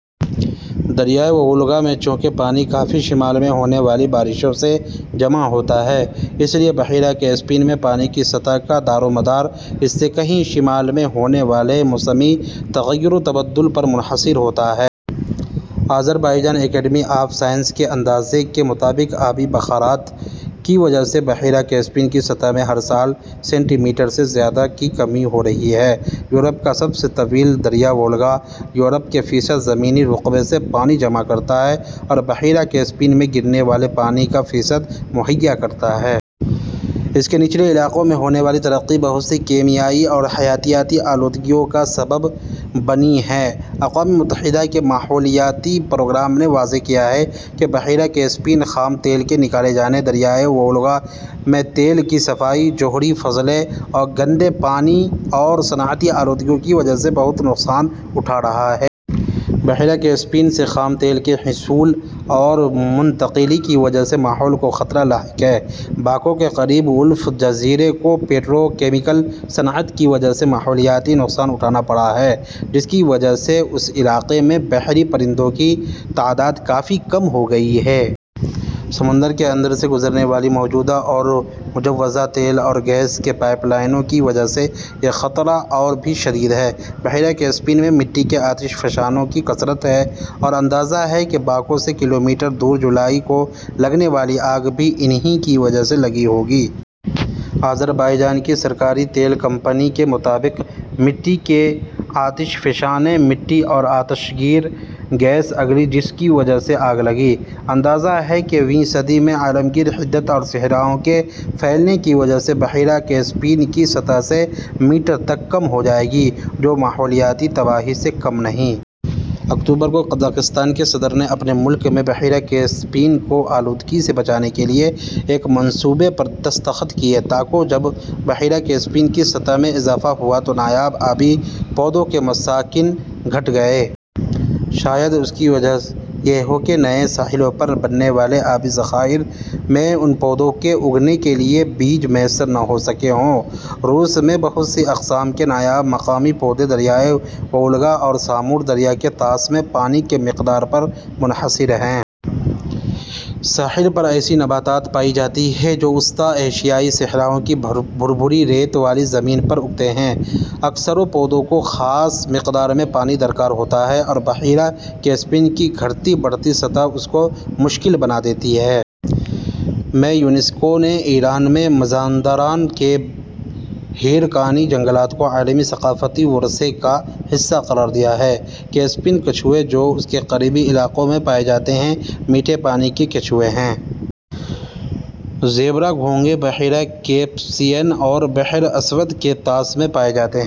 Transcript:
دریائے وولگا میں چونکہ پانی کافی شمال میں ہونے والی بارشوں سے جمع ہوتا ہے، اس لیے بحیرہ کیسپیئن میں پانی کی سطح کا دارومدار اس سے کہیں شمال میں ہونے والے موسمی تغیر و تبدل پر منحصر ہوتا ہے۔ آذربائیجان اکیڈمی آف سائنس کے اندازے کے مطابق آبی بخارات کی وجہ سے بحیرہ کیپسیئن کی سطح میں ہر سال سینٹی میٹر سے زیادہ کی کمی ہو رہی ہے۔ یورپ کا سب سے طویل دریا وولگا یورپ کے فیصد زمینی رقبے سے پانی جمع کرتا ہے اور بحیرہ کیسپیئن میں گرنے والے پانی کا فیصد مہیا کرتا ہے۔ اس کے نچلے علاقوں میں ہونے والی ترقی بہت سی کیمیائی اور حیاتیاتی آلودگیوں کا سبب بنی ہے۔ اقوامِ متحدہ کے ماحولیاتی پروگرام نے واضح کیا ہے کہ "بحیرہ کیسپیئن خام تیل کے نکالے جانے، دریائے وولگا میں تیل کی صفائی، جوہری فضلے، گندے پانی اور صنعتی آلودگیوں کی وجہ سے بہت نقصان اٹھا رہا ہے"۔ بحیرہ کیسپیئن سے خام تیل کے حصول اور منتقلی کی وجہ سے ماحول کو خطرہ لاحق ہے۔ باکو کے قریب ولف جزیرے کو پیٹروکیمیکل صنعت کی وجہ سے ماحولیاتی نقصان اٹھانا پڑا ہے جس کی وجہ سے اس علاقے میں بحری پرندوں کی تعداد کافی کم ہو گئی ہے۔ سمندر کے اندر سے گزرنے والی موجودہ اور مجوزہ تیل اور گیس کی پائپ لائنوں کی وجہ سے یہ خطرہ اور بھی شدید ہے۔ بحیرہ کیسپیئن میں مٹی کے آتش فشانوں کی کثرت ہے اور اندازہ ہے کہ باکو سے کلومیٹر دور جولائی کو لگنے والی آگ بھی انہی کی وجہ سے لگی ہوگی۔ آذربائیجان کی سرکاری تیل کمپنی کے مطابق مٹی کے آتش فشاں نے مٹی اور آتشگیر گیس اگلی جس کی وجہ سے آگ لگی۔ اندازہ ہے کہ ویں صدی میں عالمگیر حدت اور صحراؤں کے پھیلنے کی وجہ سے بحیرہ کیسپیئن کی سطح سے میٹر تک کم ہو جائے گی جو ماحولیاتی تباہی سے کم نہیں۔ اکتوبر کو قزاقستان کے صدر نے اپنے ملک میں بحیرہ کیسپیئن کو آلودگی سے بچانے کے لیے ایک منصوبے پر دستخط کیے۔ تا کو جب بحیرہ کیسپیئن کی سطح میں اضافہ ہوا تو نایاب آبی پودوں کے مساکن گھٹ گئے۔ شاید اس کی وجہ یہ ہو کہ نئے ساحلوں پر بننے والے آبی ذخائر میں ان پودوں کے اگنے کے لیے بیج میسر نہ ہو سکے ہوں۔ روس میں بہت سی اقسام کے نایاب مقامی پودے دریائے وولگا اور سامور دریا کے طاس میں پانی کی مقدار پر منحصر ہیں۔ ساحل پر ایسی نباتات پائی جاتی ہیں جو وسطی ایشیائی صحراؤں کی بھربھری ریت والی زمین پر اگتے ہیں۔ اکثر پودوں کو خاص مقدار میں پانی درکار ہوتا ہے اور بحیرہ کیسپیئن کی گھٹتی بڑھتی سطح اس کو مشکل بنا دیتی ہے۔ میں یونیسکو نے ایران میں مزاندران کے ہیرکانی جنگلات کو عالمی ثقافتی ورثے کا حصہ قرار دیا ہے۔ کیسپیئن کچھوے جو اس کے قریبی علاقوں میں پائے جاتے ہیں، میٹھے پانی کے کچھوے ہیں۔ زیبرا گھونگھے بحیرہ کیپسیئن اور بحر اسود کے طاس میں پائے جاتے ہیں۔